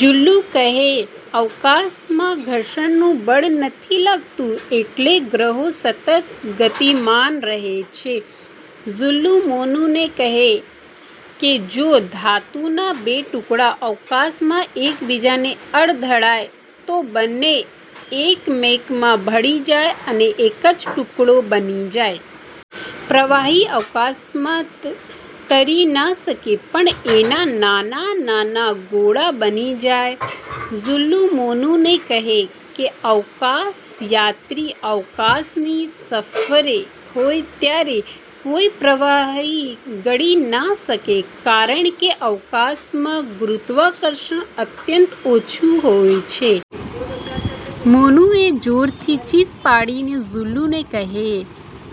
જુલ્લુ કહે કે અવકાશમાં ઘર્ષણનું બળ નથી લાગતું એટલે ગ્રહો સતત ગતિમાન રહે છે. જુલ્લુ મોનુને કહે કે જો ધાતુના બે ટુકડા અવકાશમાં એક બીજાને અથડાય તો બંને એકમેકમાં ભળી જાય અને એક જ ટુકડો બની જાય. પ્રવાહી અવકાશમાં તરી ન શકે પણ એના નાના નાના ગોળા બની જાય. જુલ્લુ મોનુને કહે કે અવકાશયાત્રી અવકાશની સફરે હોય ત્યારે કોઈ પ્રવાહી ગળી ન શકે કારણકે અવકાશમાં ગુરુત્વાકર્ષણ અત્યંત ઓછું હોય છે. મોનુએ જોરથી ચીસ પાડી તો જુલ્લુ કહે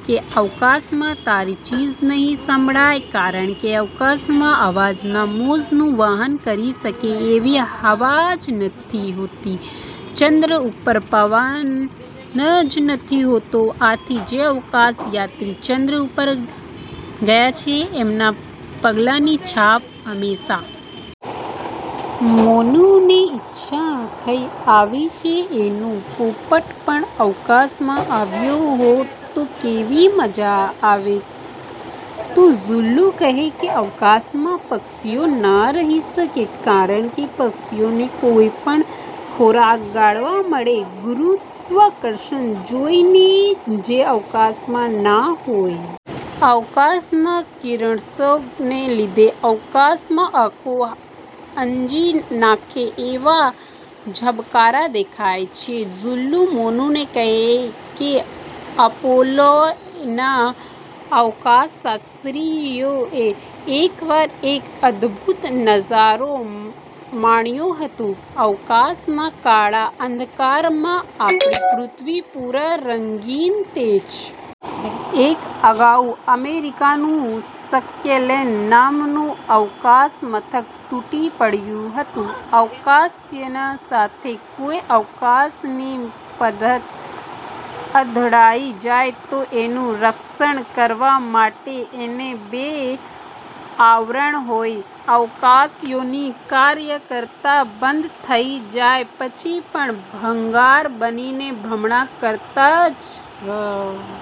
કે અવકાશમાં તારી ચીસ નહીં સંભળાય કારણકે અવકાશમાં અવાજના મોજાંનું વહન કરી શકે એવી હવા જ નથી હોતી. ચન્દ્ર ઉપર પવન જ નથી હોતો આથી જે અવકાશયાત્રીઓ ચંદ્ર ઉપર ગયા છે એમના પગલાંની છાપ હંમેશ માટે રહેશે. મોનુને ઈચ્છા થઇ આવી કે એનો પોપટ પણ અવકાશમાં આવ્યો હોત તો કેવી મજા આવેત? તો જુલ્લુ કહે કે અવકાશમાં પક્ષીઓ ન રહી શકે કારણકે પક્ષીઓને કોઈ પણ ખોરાક ગળવા માટે ગુરુત્વાકર્ષણ જોઈએ જે અવકાશમાં ન હોય. અવકાશમાંના કિરણોત્સર્ગને લીધે અવકાશમાં આંખો આંજી નાંખે એવા ઝબકારા દેખાય છે. જુલ્લુ મોનુને કહે કે અપોલોયાનના અવકાશયાત્રીઓએ એકવાર એક અદભુત નજારો માણ્યો હતો. અવકાશના કાળા અંધકારમાં આપણી પૃથ્વી ભૂરા રંગની તેજસ્વી રકાબી જેવી દેખાઈ હતી! એ અગાઉ અમેરિકાનું સ્કાયલેબ નામનું અવકાશમથક તૂટી પડ્યું હતું. અવકાશયાન સાથે કોઈ અવકાશી પદાર્થ અથડાઈ જાય તો એનું રક્ષણ કરવા માટે એને બે આવરણ હોય છે. અવકાશયાનો કાર્ય કરતાં બંધ થઇ જાય પછી પણ ભંગાર બનીને ભ્રમણ કરતાં જ રહે છે.